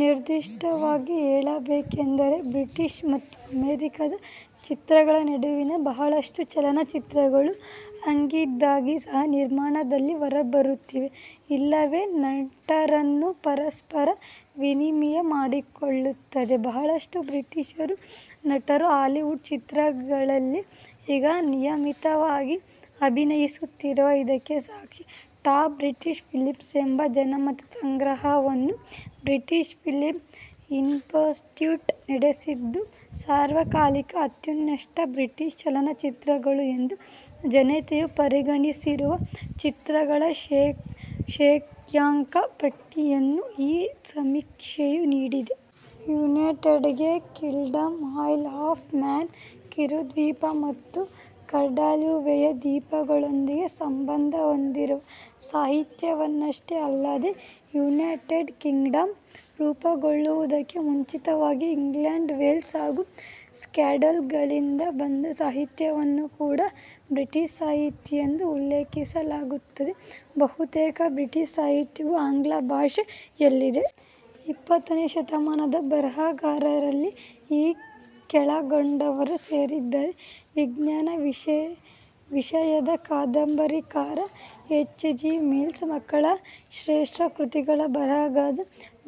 ನಿರ್ದಿಷ್ಟವಾಗಿ ಹೇಳಬೇಕೆಂದರೆ, ಬ್ರಿಟಿಷ್ ಮತ್ತು ಅಮೆರಿಕಾದ ಚಿತ್ರಗಳ ನಡುವಿನ ಬಹಳಷ್ಟು ಚಲನಚಿತ್ರಗಳು ಆಗಿಂದಾಗ್ಗೆ ಸಹ-ನಿರ್ಮಾಣದಲ್ಲಿ ಹೊರಬರುತ್ತಿವೆ ಇಲ್ಲವೇ ನಟರನ್ನು ಪರಸ್ಪರ ವಿನಿಮಯ ಮಾಡಿಕೊಳ್ಳುತ್ತಿವೆ. ಬಹಳಷ್ಟು ಬ್ರಿಟಿಷ್ ನಟರು ಹಾಲಿವುಡ್ ಚಿತ್ರಗಳಲ್ಲಿ ಈಗ ನಿಯಮಿತವಾಗಿ ಅಭಿನಯಿಸುತ್ತಿರುವುದು ಇದಕ್ಕೆ ಸಾಕ್ಷಿ. ಟಾಪ್ ಬ್ರಿಟಿಷ್ ಫಿಲ್ಮ್ಸ್ ಎಂಬ ಜನಮತ ಸಂಗ್ರಹವನ್ನು ಬ್ರಿಟಿಷ್ ಫಿಲ್ಮ್ ಇನ್ಸ್ಟಿಟ್ಯೂಟ್ ನಡೆಸಿದ್ದು, ಸಾರ್ವಕಾಲಿಕ ಅತ್ಯುತ್ಕೃಷ್ಟ ಬ್ರಿಟಿಷ್ ಚಲನಚಿತ್ರಗಳು ಎಂದು ಜನತೆಯು ಪರಿಗಣಿಸಿರುವ ಚಿತ್ರಗಳ ಶ್ರೇಯಾಂಕ ಪಟ್ಟಿಯನ್ನು ಈ ಸಮೀಕ್ಷೆಯು ನೀಡಿದೆ. United Kingdom, Isle of Man ಕಿರುದ್ವೀಪ ಮತ್ತು ಕಡಲ್ಗಾಲುವೆಯ ದ್ವೀಪಗಳೊಂದಿಗೆ ಸಂಬಂಧಹೊಂದಿರುವ ಸಾಹಿತ್ಯ ವನ್ನಷ್ಟೇ ಅಲ್ಲದೇ, ಯುನೈಟೆಡ್ ಕಿಂಗ್ಡಂ ರೂಪುಗೊಳ್ಳುವುದಕ್ಕೆ ಮುಂಚಿತವಾಗಿ ಇಂಗ್ಲೆಂಡ್, ವೇಲ್ಸ್ ಹಾಗೂ ಸ್ಕಾಟ್ಲೆಂಡ್ಗಳಿಂದ ಬಂದ ಸಾಹಿತ್ಯವನ್ನೂ ಕೂಡ ಬ್ರಿಟಿಷ್ ಸಾಹಿತ್ಯ ಎಂದು ಉಲ್ಲೇಖಿಸಲಾಗುತ್ತದೆ. ಬಹುತೇಕ ಬ್ರಿಟಿಷ್ ಸಾಹಿತ್ಯವು ಆಂಗ್ಲ ಭಾಷೆ ಯಲ್ಲಿದೆ. ಇಪ್ಪತ್ತನೇ ಶತಮಾನದ ಬರಹಗಾರರಲ್ಲಿ ಈ ಕೆಳಕಂಡವರು ಸೇರಿದ್ದಾರೆ: ವಿಜ್ಞಾನ ವಿಷಯದ ಕಾದಂಬರಿಕಾರ ಎಚ್. ಜಿ. ವೇಲ್ಸ್, ಮಕ್ಕಳ ಶ್ರೇಷ್ಠ ಕೃತಿಗಳ ಬರಹಗಾರರಾದ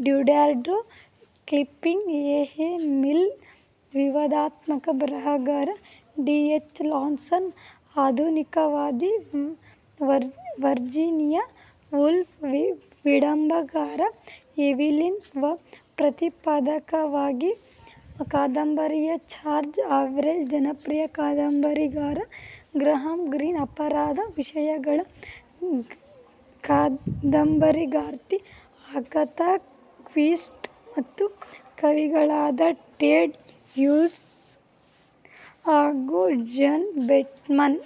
Rudyard Kipling, A. A. Milne, ವಿವಾದಾತ್ಮಕ ಬರಹಗಾರ ಡಿ. ಎಚ್. ಲಾರೆನ್ಸ್, ಆಧುನಿಕತಾವಾದಿ ವರ್ಜೀನಿಯಾ ವೂಲ್ಫ್, ವಿಡಂಬನಕಾರ ಎವೆಲಿನ್ ವಾ, ಪ್ರತಿಪಾದಕವಾದಿ ಕಾದಂಬರಿಕಾರ ಜಾರ್ಜ್ ಆರ್ವೆಲ್, ಜನಪ್ರಿಯ ಕಾದಂಬರಿಕಾರ ಗ್ರಹಾಂ ಗ್ರೀನ್, ಅಪರಾಧ ವಿಷಯಗಳ ಕಾದಂಬರಿಕಾರ್ತಿ ಅಗಾಥಾ ಕ್ರಿಸ್ಟಿ, ಮತ್ತು ಕವಿಗಳಾದ ಟೆಡ್ ಹ್ಯೂಸ್ ಹಾಗೂ ಜಾನ್ ಬೆಟ್ಜ್ಮನ್.